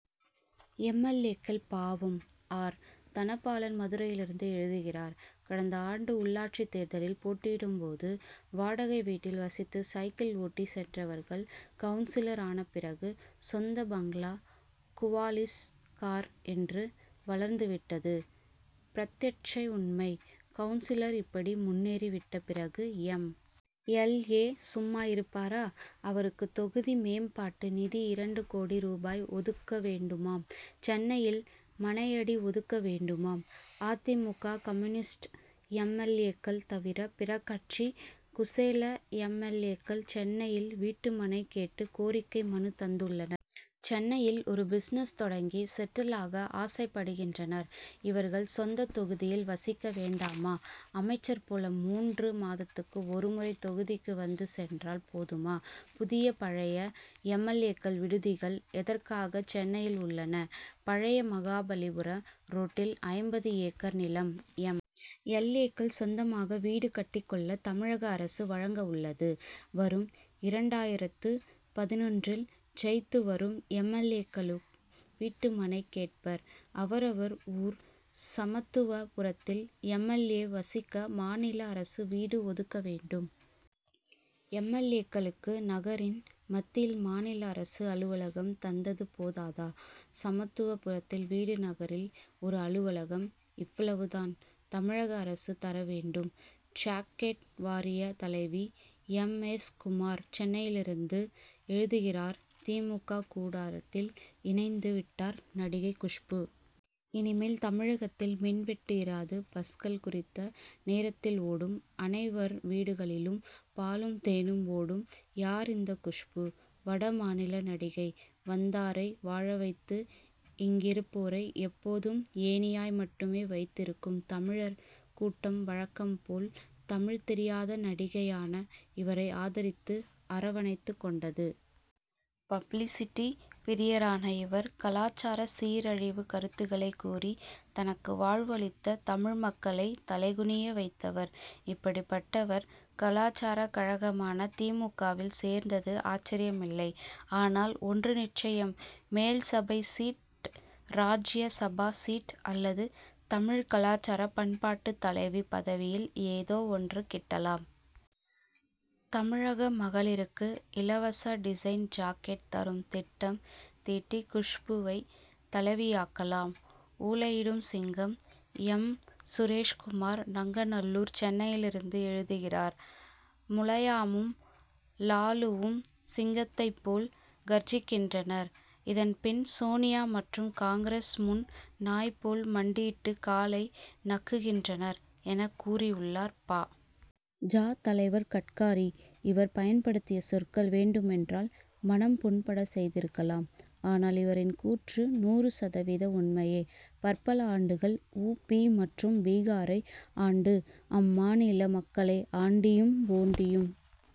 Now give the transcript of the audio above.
M. L. ஏ.க்கள் பாவம்! ஆர். தனபாலன் மதுரையிலிருந்து எழுதுகிறார் கடந்த ஆண்டு உள்ளாட்சி தேர்தலில் போட்டியிடும் போது வாடகை வீட்டில் வசித்து சைக்கிள் ஓட்டிச் சென்றவர்கள் கவுன்சிலர் ஆனபிறகு சொந்த பங்களா குவாலிஸ் கார் என்று வளர்ந்து விட்டது பிரத்யட்ச உண்மை. கவுன்சிலர் இப்படி முன்னேறி விட்ட பிறகு எம். எல். ஏ. சும்மா இருப்பாரா? அவருக்கு தொகுதி மேம்பாட்டு நிதி இரண்டு கோடி ரூபாய் ஒதுக்க வேண்டுமாம் சென்னையில் மனையடி ஒதுக்க வேண்டுமாம். அ. தி. மு. க. Communist M. எல். ஏ.க்கள் தவிர பிற கட்சி குசேல எம். எல். ஏ.க்கள் சென்னையில் வீட்டு மனை கேட்டு கோரிக்கை மனு தந்துள்ளனர். சென்னையில் ஒரு பிஸ்னஸ் தொடங்கி செட்டில் ஆக ஆசைப்படுகின்றனர். இவர்கள் சொந்த தொகுதியில் வசிக்க வேண்டாமா? அமைச்சர் போல மூன்று மாதத்துக்கு ஒருமுறை தொகுதிக்கு வந்து சென்றால் போதுமா? புதிய பழைய எம். எல். ஏ. விடுதிகள் எதற்காக சென்னையில் உள்ளன? பழைய மகாபலிபுரம் ரோட்டில் ஐம்பது ஏக்கர் நிலம் எம். எல். ஏ.க்கள் சொந்தமாக வீடு கட்டிக் கொள்ள தமிழக அரசு வழங்க உள்ளது. வரும் இரண்டாயிரத்து பதினொன்றில் ஜெயித்து வரும் எம். எல். ஏ.க்களும் வீட்டு மனை கேட்பர். அவரவர் ஊர் சமத்துவபுரத்தில் எம். எல். ஏ. வசிக்க மாநில அரசு வீடு ஒதுக்க வேண்டும். எம். எல். ஏ.க்களுக்கு நகரின் மத்தியில் மாநில அரசு அலுவலகம் தந்தது போதாதா? சமத்துவபுரத்தில் வீடு நகரில் ஒரு அலுவலகம். இவ்வளவு தான். தமிழக அரசு தர வேண்டும். ஜாக்கெட் வாரிய தலைவி! எம். எஸ். குமார் சென்னையிலிருந்து எழுதுகிறார் தி. மு. க. கூடாரத்தில் இணைந்து விட்டார் நடிகை குஷ்பு. இனிமேல் தமிழகத்தில் மின்வெட்டு இராது பஸ்கள் குறித்த நேரத்தில் ஓடும் அனைவர் வீடுகளிலும் பாலும் தேனும் ஓடும். யார் இந்த குஷ்பு? வட மாநில நடிகை. வந்தாரை வாழவைத்து இங்கிருப்போரை எப்போதும் ஏணியாய் மட்டுமே வைத்திருக்கும் தமிழர் கூட்டம் வழக்கம்போல் தமிழ் தெரியாத நடிகையான இவரை ஆதரித்து அரவணைத்துக் கொண்டது. பப்ளிசிட்டி பிரியரான இவர் கலாசார சீரழிவு கருத்துக்களைக் கூறி தனக்கு வாழ்வு அளித்த தமிழ்மக்களை தலைகுனிய வைத்தவர். இப்படிப்பட்டவர் கலாசாரக் கழகமான தி. மு. க.வில் சேர்ந்தது ஆச்சரியமில்லை! ஆனால் ஒன்று நிச்சயம் மேல்சபை சீட் ராஜ்யசபா சீட் அல்லது தமிழ் கலாசார பண்பாட்டு தலைவி பதவியில் ஏதோ ஒன்று கிட்டலாம்! தமிழக மகளிருக்கு இலவச டிசைன் ஜாக்கெட் தரும் திட்டம் தீட்டி குஷ்புவை தலைவியாக்கலாம். ஊளையிடும் சிங்கம்! எம். சுரேஷ் குமார் நங்கநல்லூர் சென்னையிலிருந்து எழுதுகிறார் முலாயமும் லாலுவும் சிங்கத்தை போல் கர்ஜிக்கின்றனர். இதன்பின் சோனியா மற்றும் காங்கிரஸ் முன் நாய் போல் மண்டியிட்டு காலை நக்குகின்றனர் என கூறியுள்ளார் பா. ஜ. தலைவர் கட்காரி. இவர் பயன்படுத்திய சொற்கள் வேண்டுமென்றால் மனம் புண்பட செய்திருக்கலாம். ஆனால் இவரின் கூற்று நூறு சதவீதம் உண்மையே! பற்பல ஆண்டுகள் உ. பி. மற்றும் பீகாரை ஆண்டு அம்மாநில மக்களை ஆண்டியும் போண்டியும்